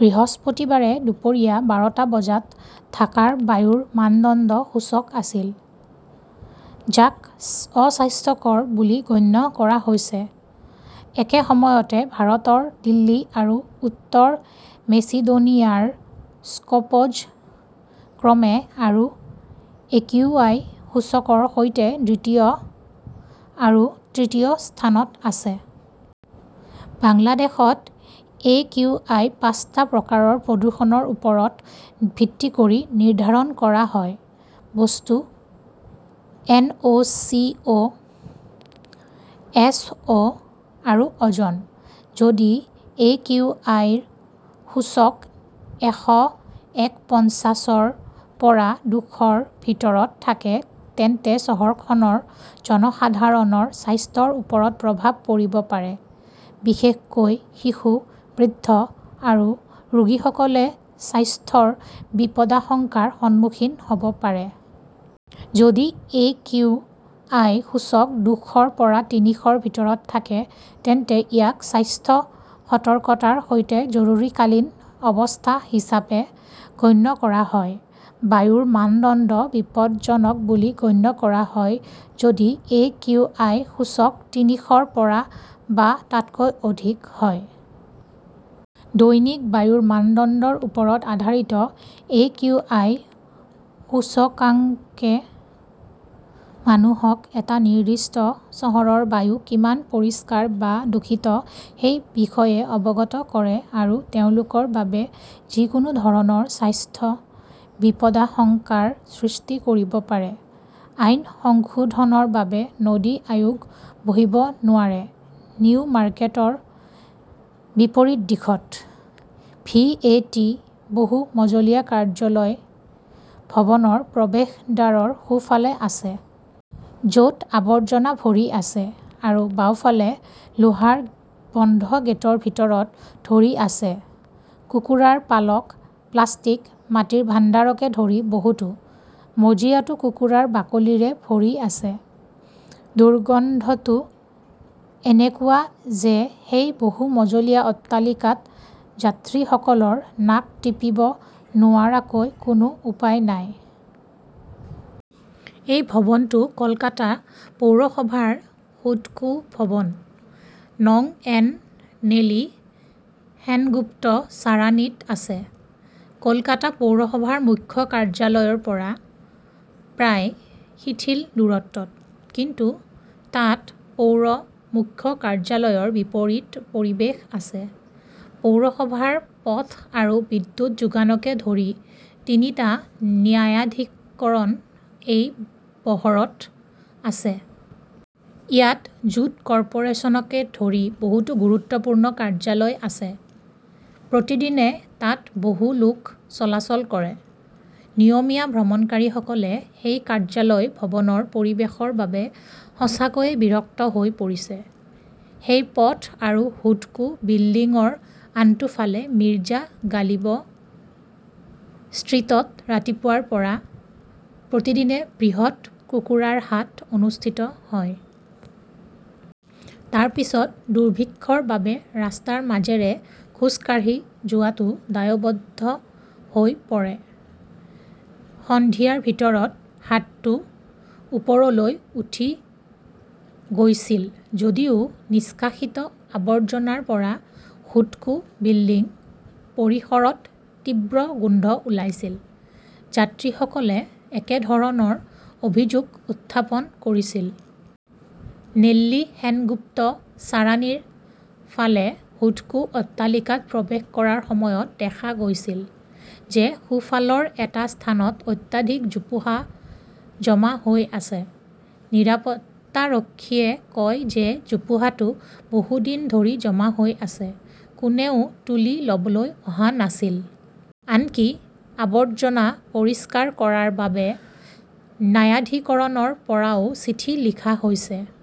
বৃহস্পতিবাৰে দুপৰীয়া বাৰটা বজাত ঢাকাৰ বায়ুৰ মানদণ্ড সূচক আছিল, যাক অস্বাস্থ্যকৰ "বুলি গণ্য কৰা হৈছিল। একে সময়তে ভাৰতৰ দিল্লী আৰু উত্তৰ মেচিডোনিয়াৰ স্কপজ ক্ৰমে আৰু একিউআই সূচকৰ সৈতে দ্বিতীয় আৰু তৃতীয় স্থানত আছে। বাংলাদেশত একিউআই পাঁচটা প্ৰকাৰৰ প্ৰদূষণৰ ওপৰত ভিত্তি কৰি নিৰ্ধাৰণ কৰা হয়-বস্তু, এনঅ, চিঅ, এছঅ, আৰু অ’জন। যদি একিউআই সূচক এশ একপঞ্চাশ ৰ পৰা দুশ ৰ ভিতৰত থাকে তেন্তে চহৰখনৰ জনসাধাৰণৰ স্বাস্থ্যৰ ওপৰত প্ৰভাৱ পৰিব পাৰে, বিশেষকৈ শিশু, বৃদ্ধ আৰু ৰোগীসকলে স্বাস্থ্যৰ বিপদাশংকাৰ সন্মুখীন হ 'ব পাৰে। যদি একিউআই সূচক দুশ ৰ পৰা তিনিশ ৰ ভিতৰত থাকে তেন্তে ইয়াক স্বাস্থ্য সতৰ্কতাৰ সৈতে জৰুৰীকালীন অৱস্থা হিচাপে গণ্য কৰা হয়। বায়ুৰ মানদণ্ড বিপদজনক বুলি গণ্য কৰা হয় যদি একিউআই সূচক তিনিশ ৰ পৰা বা তাতকৈ অধিক হয়। দৈনিক বায়ুৰ মানদণ্ডৰ ওপৰত আধাৰিত একিউআই সূচকাংকে মানুহক এটা নিৰ্দিষ্ট চহৰৰ বায়ু কিমান পৰিষ্কাৰ বা দূষিত সেই বিষয়ে অৱগত কৰে আৰু তেওঁলোকৰ বাবে যিকোনো ধৰণৰ স্বাস্থ্য বিপদাশংকাৰ সৃষ্টি কৰিব পাৰে। আইন সংশোধনৰ বাবে নদী আয়োগ বহিব নোৱাৰে নিউ মাৰ্কেটৰ বিপৰীত দিশত, ভি এ টি বহু-মজলীয়া কাৰ্যালয় ভৱনৰ প্ৰৱেশদ্বাৰৰ সোঁফালে আছে। য 'ত আৱৰ্জনা ভৰি আছে। আৰু বাওঁফালে লোহাৰ বন্ধ গেটৰ ভিতৰত ধৰি আছে-কুকুৰাৰ পালক, প্লাষ্টিক, মাটিৰ ভাণ্ডাৰকে ধৰি বহুতো। মজিয়াটো কুকুৰাৰ বাকলিৰে ভৰি আছে। দুৰ্গন্ধটো এনেকুৱা যে সেই বহু-মজলীয়া অট্টালিকাত যাত্ৰীসকলৰ নাক টিপিব নোৱাৰাকৈ কোনো উপায় নাই। এই ভৱনটো কলকাতা পৌৰসভাৰ হুডকো ভৱন, নং এন নেলি সেনগুপ্ত ছাৰানীত আছে। কলকাতা পৌৰসভাৰ মুখ্য কাৰ্যালয়ৰ পৰা প্ৰায় শিথিল দূৰত্বত। কিন্তু তাত পৌৰ মুখ্য কাৰ্যালয়ৰ বিপৰীত পৰিৱেশ আছে। পৌৰসভাৰ পথ আৰু বিদ্যুৎ যোগানকে ধৰি তিনিটা ন্যায়াধিকৰণ এই বহৰত আছে। ইয়াত জুট কৰ্পোৰেচনকে ধৰি বহুতো গুৰুত্বপূৰ্ণ কাৰ্যালয় আছে। প্ৰতিদিনে তাত বহু লোক চলাচল কৰে। নিয়মীয়া ভ্ৰমণকাৰীসকলে সেই কাৰ্যালয় ভৱনৰ পৰিৱেশৰ বাবে সঁচাকৈয়ে বিৰক্ত হৈ পৰিছে। সেই পথ আৰু হুডকো বিল্ডিংৰ আনটো ফালে মিৰ্জা গালিব ষ্ট্ৰীটত ৰাতিপুৱাৰ পৰা প্ৰতিদিনে বৃহৎ কুকুৰাৰ হাট অনুষ্ঠিত হয়। তাৰ পিছত দুৰ্ভিক্ষৰ বাবে ৰাস্তাৰ মাজেৰে খোজ কাঢ়ি যোৱাটো দায়বদ্ধ হৈ পৰে। সন্ধিয়াৰ ভিতৰত হাটটো ওপৰলৈ উঠি গৈছিল যদিও নিষ্কাশিত আৱৰ্জনাৰ পৰা হুডকো বিল্ডিং পৰিসৰত তীব্ৰ গোন্ধ ওলাইছিল, যাত্ৰীসকলে একেধৰণৰ অভিযোগ উত্থাপন কৰিছিল। নেল্লী সেনগুপ্ত ছাৰানীৰ ফালে হুডকো অট্টালিকাত প্ৰৱেশ কৰাৰ সময়ত দেখা গৈছিল যে সোঁফালৰ এটা স্থানত অত্যাধিক জোপোহা জমা হৈ আছে। নিৰাপত্তাৰক্ষীয়ে কয় যে জোপোহাটো বহু দিন ধৰি জমা হৈ আছে। কোনেও তুলি ল’বলৈ অহা নাছিল। আনকি, আবৰ্জনা পৰিষ্কাৰ কৰাৰ বাবে ন্যায়াধিকৰণৰ পৰাও চিঠি লিখা হৈছে।